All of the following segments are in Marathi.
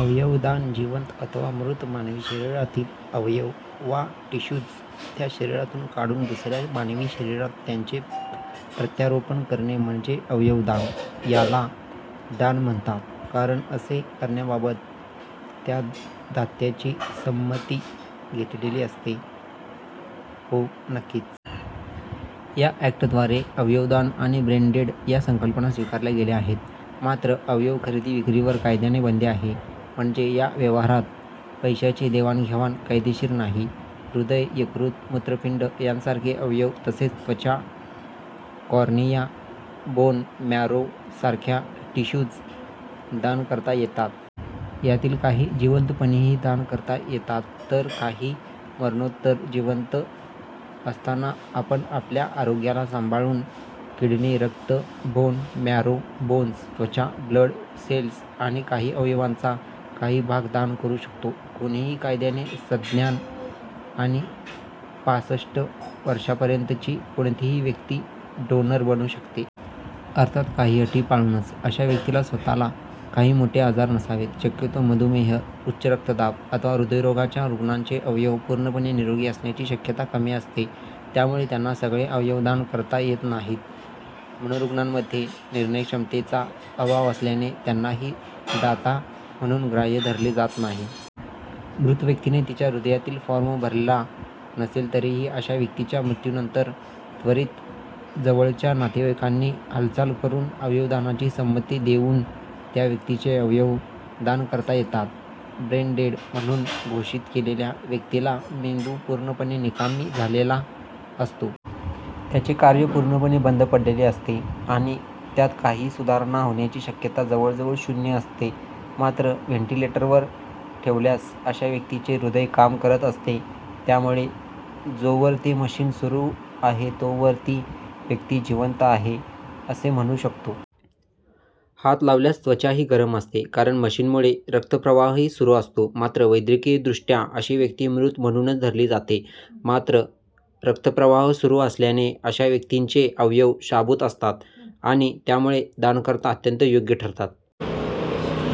अवयवदान, जिवंत अथवा मृत मानवी शरीरातील अवयव वा टिश्यूज त्या शरीरातून काढून दुसऱ्या मानवी शरीरात त्यांचे प्रत्यारोपण करणे म्हणजे अवयवदान. याला दान म्हणतात कारण असे करण्याबाबत त्या दात्याची संमती घेतलेली असते. हो, नक्कीच. या अॅक्टद्वारे अवयवदान आणि ब्रेनडेड या संकल्पना स्वीकारल्या गेल्या आहेत. मात्र अवयव खरेदी-विक्रीवर कायद्याने बंदी आहे. म्हणजे या व्यवहारात पैशाची देवाणघेवाण कायदेशीर नाही. हृदय, यकृत, मूत्रपिंड यासारखे अवयव तसेच त्वचा, कॉर्निया, बोन मॅरो सारख्या टिश्यूज दान करता येतात. यातील काही जिवंतपणीही दान करता येतात तर काही मरणोत्तर. जिवंत असताना आपण आपल्या आरोग्याला सांभाळून किडनी, रक्त, बोन मॅरो, बोन्स, त्वचा, ब्लड सेल्स आणि काही अवयवांचा काही भाग दान करू शकतो. कोणीही कायद्याने सज्ञान आणि पासष्ट वर्षांपर्यंतची कोणतीही व्यक्ती डोनर बनू शकते. अर्थात काही अटी पाळूनच. अशा व्यक्तीला स्वतःला काही मोठे आजार नसावेत. शक्यतो मधुमेह, उच्चरक्तदाब अथवा हृदयरोगाच्या रुग्णांचे अवयव पूर्णपणे निरोगी असण्याची शक्यता कमी असते. त्यामुळे त्यांना सगळे अवयव दान करता येत नाहीत. मनोरुग्णांमध्ये निर्णयक्षमतेचा अभाव असल्याने त्यांनाही दाता म्हणून ग्राह्य धरले जात नाही. मृत व्यक्तीने तिच्या हयातीत फॉर्म भरला नसेल तरीही अशा व्यक्तीच्या मृत्यूनंतर त्वरीत जवळच्या नातेवाईकांनी हालचाल करून अवयवदानाची संमती देऊन त्या व्यक्तीचे अवयव दान करता येतात. ब्रेन डेड म्हणून घोषित केलेल्या व्यक्तीचा मेंदू पूर्णपणे निकामी झालेला असतो. त्याचे कार्य पूर्णपणे बंद पडलेले असते आणि त्यात काहीही सुधारणा होण्याची शक्यता जवळजवळ शून्य असते. मात्र व्हेंटिलेटरवर ठेवल्यास अशा व्यक्तीचे हृदय काम करत असते. त्यामुळे जोवर ते मशिन सुरू आहे, तोवर ती व्यक्ती जिवंत आहे असं म्हणू शकतो. हात लावल्यास त्वचाही गरम असते कारण मशिनमुळे रक्तप्रवाहही सुरू असतो. मात्र वैद्यकीय दृष्ट्या अशी व्यक्ती मृत म्हणूनच धरली जाते. मात्र रक्तप्रवाह सुरू असल्याने अशा व्यक्तींचे अवयव शाबुत असतात आणि त्यामुळे दानाकरता अत्यंत योग्य ठरतात.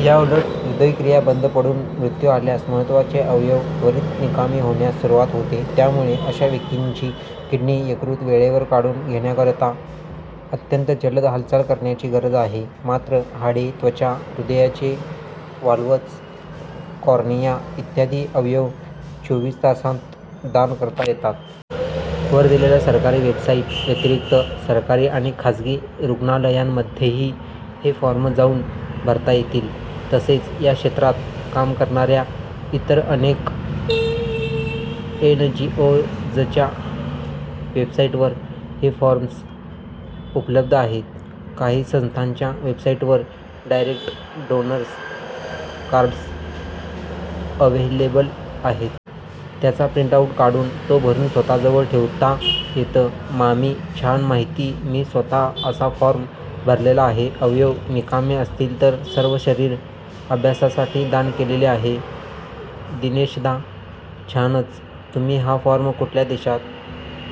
याउलट हृदयक्रिया बंद पडून मृत्यू आल्यास महत्त्वाचे अवयव त्वरीत निकामी होण्यास सुरुवात होते. त्यामुळे अशा व्यक्तींची किडनी, यकृत वेळेवर काढून घेण्याकरता अत्यंत जलद हालचाल करण्याची गरज आहे. मात्र हाडे, त्वचा, हृदयाचे व्हाल्व्हज, कॉर्निया इत्यादी अवयव चोवीस तासांत दान करता येतात. वर दिलेल्या सरकारी वेबसाईट व्यतिरिक्त सरकारी आणि खासगी रुग्णालयांमध्येही हे फॉर्म जाऊन भरता येतील. तसेच या क्षेत्रात काम करणाऱ्या इतर अनेक एनजीओजच्या वेबसाईटवर हे फॉर्म्स उपलब्ध आहेत. काही संस्थांच्या वेबसाईटवर डायरेक्ट डोनर्स कार्ड्स अव्हेलेबल आहेत. त्याचा प्रिंटआऊट काढून, तो भरून स्वतःजवळ ठेवता येतं. मामी, छान माहिती. मी स्वतः असा फॉर्म भरलेला आहे. अवयव निकामी असतील तर सर्व शरीर, अभ्यासासाठी दान केलेले आहे. दिनेशदा, छानच. तुम्ही हा फॉर्म कुठल्या देशात